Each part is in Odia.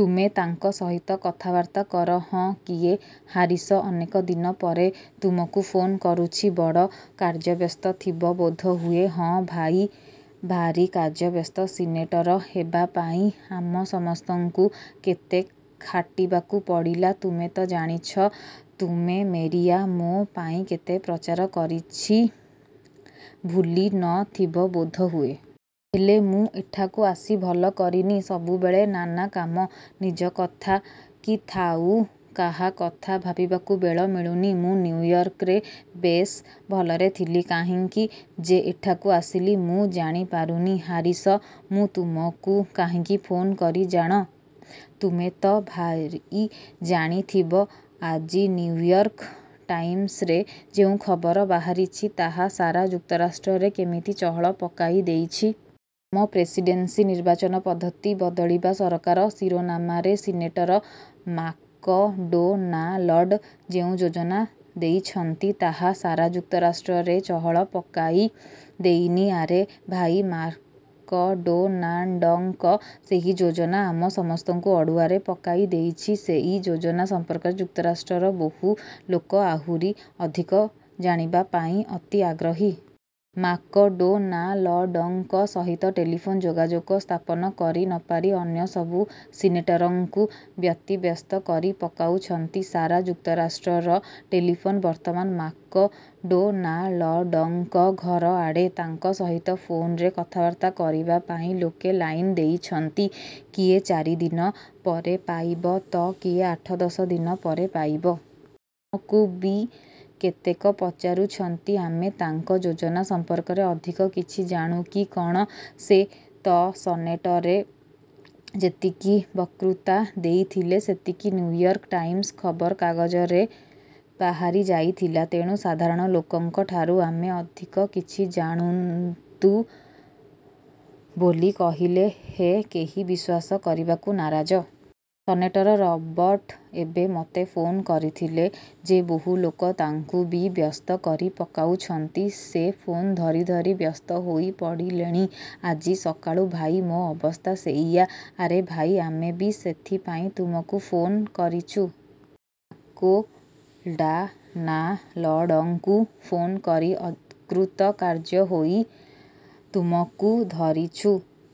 ତୁମେ ତାଙ୍କ ସହିତ କଥାବାର୍ତ୍ତା କର। ହଁ କିଏ ହାରିସ, ଅନେକ ଦିନ ପରେ ତୁମକୁ ଫୋନ୍ କରୁଛି। ବଡ଼ କାର୍ଯ୍ୟବ୍ୟସ୍ତ ଥିବ ବୋଧହୁଏ। ହଁ ଭାଇ, ଭାରି କାର୍ଯ୍ୟବ୍ୟସ୍ତ। ସିନେଟର ହେବାପାଇଁ ଆମ ସମସ୍ତଙ୍କୁ କେତେ ଖାଟିବାକୁ ପଡ଼ିଲା, ତୁମେ ତ ଜାଣିଛ। ତୁମେ, ମେରିଆ ମୋ ପାଇଁ କେତେ ପ୍ରଚାର କରିଛି, ଭୁଲି ନ ଥିବ ବୋଧହୁଏ। ହେଲେ ମୁଁ ଏଠାକୁ ଆସି ଭଲ କରିନି। ସବୁବେଳେ ନାନା କାମ। ନିଜ କଥା କି ଥାଉ କାହା କଥା ଭାବିବାକୁ ବେଳ ମିଳୁନି। ମୁଁ ନିଉୟର୍କରେ ବେଶ ଭଲରେ ଥିଲି। କାହିଁକି ଯେ ଏଠାକୁ ଆସିଲି, ମୁ ଜାଣି ପାରୁନି। ହାରିସ୍, ମୁଁ ତୁମକୁ କାହିଁକି ଫୋନ୍ କରି ଜାଣ' ତୁମେ ତ ଭାଇ ଜାଣି ଥିବ ଆଜିନିଉୟର୍କ ଟାଇମସରେ ଯେଉଁ ଖବର ବାହାରିଛି, ତାହା ସାରା ଯୁକ୍ତରାଷ୍ଟ୍ରରେ କେମିତି ଚହଳ ପକାଇ ଦେଇଛି। ଆମ ପ୍ରେସିଡେଣ୍ଟନିର୍ବାଚନ ପଦ୍ଧତି ବଦଳିବା ସରକାର,' ଶିରୋନାମାରେ ସିନେଟର ମାକଡୋନାଲଡ୍ ଯେଉଁ ଯୋଜନା ଦେଇଛନ୍ତି, ତାହା ସାରା ଯୁକ୍ତରାଷ୍ଟ୍ରରେ ଚହଳ ପକାଇ ଦେଇନି? ଆରେ ଭାଇ, ମାକଡୋନାଲ୍ଡଙ୍କ ସେହି ଯୋଜନା ଆମ ସମସ୍ତଙ୍କୁ ଅଡ଼ୁଆରେ ପକାଇ ଦେଇଛି। ସେଇ ଯୋଜନା ସମ୍ପର୍କରେ ଯୁକ୍ତରାଷ୍ଟ୍ରର ବହୁ ଲୋକ ଆହୁରି ଅଧିକ ଜାଣିବା ପାଇଁ ଅତି ଆଗ୍ରହୀ। ମାକଡୋନାଲ୍ଡଙ୍କ ସହିତ ଟେଲିଫୋନ୍ ଯୋଗାଯୋଗ ସ୍ଥାପନ କରି ନପାରି ଅନ୍ୟ ସବୁ ସିନେଟରଙ୍କୁ ବ୍ୟତିବ୍ୟସ୍ତ କରି ପକାଉଛନ୍ତି। ସାରା ଯୁକ୍ତରାଷ୍ଟ୍ରର ଟେଲିଫୋନ୍ ବର୍ତ୍ତମାନ ମାକ ଡୋନାଲ୍ଡଙ୍କ ଘର ଆଡ଼େ। ତାଙ୍କ ସହିତ ଫୋନରେ କଥାବାର୍ତ୍ତା କରିବା ପାଇଁ ଲୋକେ ଲାଇନ୍ ଦେଇଛନ୍ତି। କିଏ ଚାରିଦିନ ପରେ ପାଇବ ତ କିଏ ଆଠଦଶ ଦିନ ପରେ ପାଇବ। ଆମକୁ ବି କେତେକ ପଚାରୁଛନ୍ତି, ଆମେ ତାଙ୍କ ଯୋଜନା ସମ୍ପର୍କରେ ଅଧିକ କିଛି ଜାଣୁ କି' କ'ଣ? ସେ ତ ସନେଟରେ ଯେତିକି ବକୃତା ଦେଇଥିଲେ ସେତିକି ନିଉୟର୍କ ଟାଇମସ୍ ଖବର କାଗଜରେ ବାହାରି ଯାଇଥିଲା। ତେଣୁ ସାଧାରଣ ଲୋକଙ୍କଠାରୁ ଆମେ ଅଧିକ କିଛି ଜାଣୁନ୍ତୁ ବୋଲି କହିଲେ ହେ କେହି ବିଶ୍ୱାସ କରିବାକୁ ନାରାଜ। ସନେଟର୍ ରବର୍ଟ ଏବେ ମୋତେ ଫୋନ୍ କରିଥିଲେ ଯେ ବହୁ ଲୋକ ତାଙ୍କୁ ବି ବ୍ୟସ୍ତ କରି ପକାଉଛନ୍ତି। ସେ ଫୋନ୍ ଧରି ଧରି ବ୍ୟସ୍ତ ହୋଇ ପଡ଼ିଲେଣି। ଆଜି ସକାଳୁ ଭାଇ ମୋ ଅବସ୍ଥା ସେଇଆ। ' 'ଆରେ ଭାଇ, ଆମେ ବି ସେଥିପାଇଁ ତୁମକୁ ଫୋନ୍ କରିଛୁ। ମାକ୍ଡୋନାଲଡଙ୍କୁ ଫୋନ୍ କରି ଅକୃତକାର୍ଯ୍ୟ ହୋଇ ତୁମକୁ ଧରିଛୁ।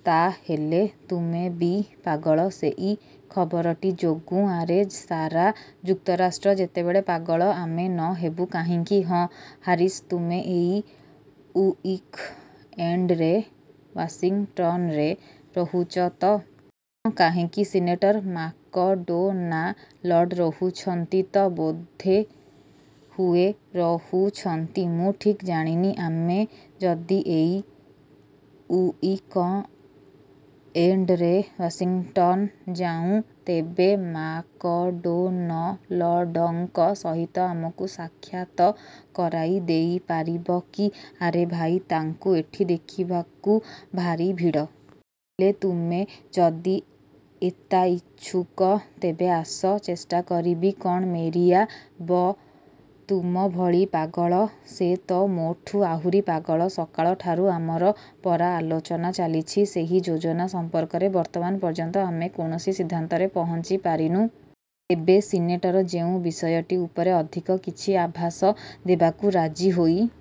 ତା ହେଲେ ତୁମେ ବି ପାଗଳ ସେଇ ଖବରଟି ଯୋଗୁଁ। ଆରେ, ସାରା ଯୁକ୍ତରାଷ୍ଟ୍ର ଯେତେବେଳେ ପାଗଳ, ଆମେ ନ ହେବୁ କାହିଁକି? ହଁ, ହାରିସ୍, ତୁମେ ଏଇ ଉଇକ୍ ଏଣ୍ଡରେ ୱାସିଙ୍ଗଟନ୍ରେ ରହୁଛ ତ? ହଁ, କାହିଁକି? ସିନେଟର୍ ମାକଡୋନାଲଡ୍ ରହୁଛନ୍ତି ତ? ବୋଧେ ହୁଏ, ରହୁଛନ୍ତି, ମୁଁ ଠିକ୍ ଜାଣିନି। ଆମେ ଯଦି ଏଇ ଉଇକଏଣ୍ଡରେ ୱାସିଙ୍ଗଟନ୍ ଯାଉଁ ତେବେ ମାକଡୋନଲ୍ଡଙ୍କ ସହିତ ଆମକୁ ସାକ୍ଷାତ କରାଇ ଦେଇ ପାରିବ କି? 'ଆରେ ଭାଇ, ତାଙ୍କୁ ଏଠି ଦେଖିବାକୁ ଭାରି ଭିଡ଼। ହେଲେ ତୁମେ ଯଦି ଏତା ଇଛୁକ, ତେବେ ଆସ, ଚେଷ୍ଟା କରିବି। କ'ଣ ମେରିଆ ବ ତୁମ ଭଳି ପାଗଳ? ସେ ତ ମୋଠୁ ଆହୁରି ପାଗଳ। ସକାଳଠାରୁ ଆମର ପରା ଆଲୋଚନା ଚାଲିଛି, ସେହି ଯୋଜନା ସମ୍ପର୍କରେ। ବର୍ତ୍ତମାନ ପର୍ଯ୍ୟନ୍ତ ଆମେ କୌଣସି ସିଦ୍ଧାନ୍ତରେ ପହଞ୍ଚି ପାରିନୁ। ତେବେ ସିନେଟର ଯେଉଁ ବିଷୟଟି ଉପରେ ଅଧିକ କିଛି ଆଭାଷ ଦେବାକୁ ରାଜି ହୋଇ